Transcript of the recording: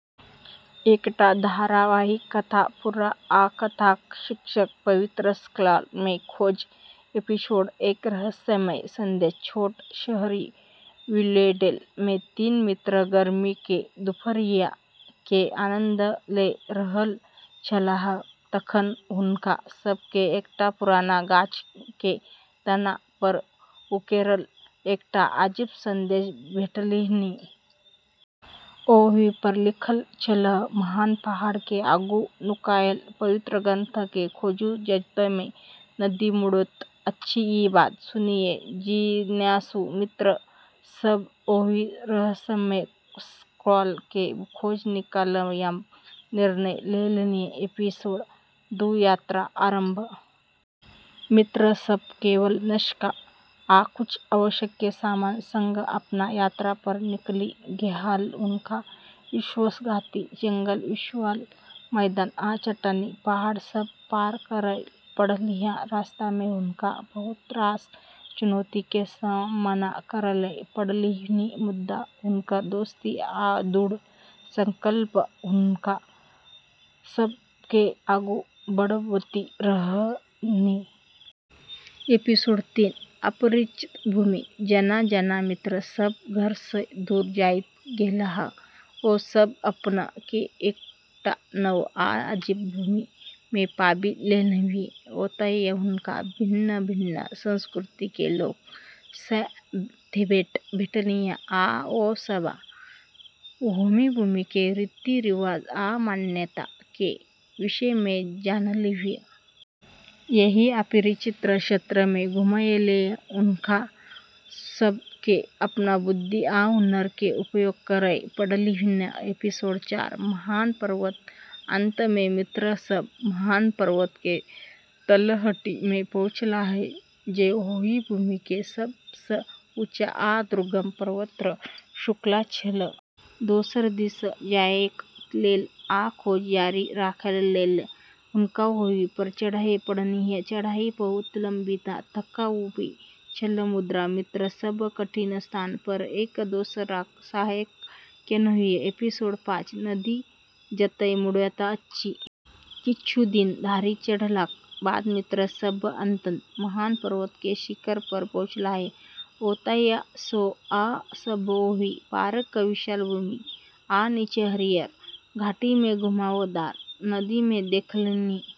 एकटा धारावाहिक कथा। पूरा कथाक शीर्षक: पवित्र स्क्रॉल के खोज। एपिसोड एक: रहस्यमय संदेश। छोट शहर विलोडेल मे तीन मित्र गर्मी के दुपहरिया के आनंद ले रहल छलाह। तखन हुनका सभ के एकटा पुरान गाछ के तना पर उकेरल एकटा अजीब संदेश भेटलन्हि। ओहि पर लिखल छल, "महान पहाड़ के आगू नुकायल पवित्र ग्रंथ के खोजू, जतय नदी मुड़ैत अछि।" ई बात सुनि जिज्ञासु मित्र सभ ओहि रहस्यमय स्क्रॉल के खोज मे निकलयबाक निर्णय लेलन्हि। एपिसोड दू: यात्रा आरम्भ। मित्र सभ केवल नक्शा आ किछु आवश्यक सामान संग अपन यात्रा पर निकलि गेलाह। हुनका विश्वासघाती जंगल, विशाल मैदान आ चट्टानी पहाड़ सभ पार करय पड़लन्हि। रास्ता मे हुनका बहुत रास चुनौती के सामना करय पड़लन्हि, मुदा हुनकर दोस्ती आ दृढ़ संकल्प हुनका सभ के आगू बढ़बैत रहलन्हि। एपिसोड तीन: अपरिचित भूमि। जेना-जेना मित्र सभ घर सँ दूर जाइत गेलाह, ओ सभ अपन के एकटा नव आ अजीब भूमि मे पाबि लेलन्हि। ओतय हुनका भिन्न-भिन्न संस्कृति के लोक सँ भेंट भेलन्हि आ ओ सभ ओहि भूमि के रीति-रिवाज आ मान्यता के विषय मे जानलन्हि। एहि अपरिचित क्षेत्र मे घुमय लेल हुनका सभ के अपन बुद्धि आ हुनर के उपयोग करय पड़लन्हि। एपिसोड चार: महान पर्वत। अंत मे मित्र सभ महान पर्वत के तलहटी मे पहुँचलाह, जे ओहि भूमि के सभ सँ ऊँच आ दुर्गम पर्वत श्रृंखला छल। दोसर दिस जायक लेल आ खोज जारी राखय लेल हुनका ओहि पर चढ़य पड़लन्हि। चढ़ाई बहुत लम्बी आ थकाउबाली छल, मुदा मित्र सभ कठिन स्थान पर एक दोसराक सहायता केलन्हि। एपिसोड पाँच: नदी जतय मुड़ैत अछि। किछु दिन धरि चढ़लाक बाद मित्र सभ अंततः महान पर्वत के शिखर पर पहुँचलाह। ओतय सँ ओ सभ ओहि पारक विशाल भूमि आ नीचे हरियर घाटी मे घुमावदार नदी के देखलन्हि।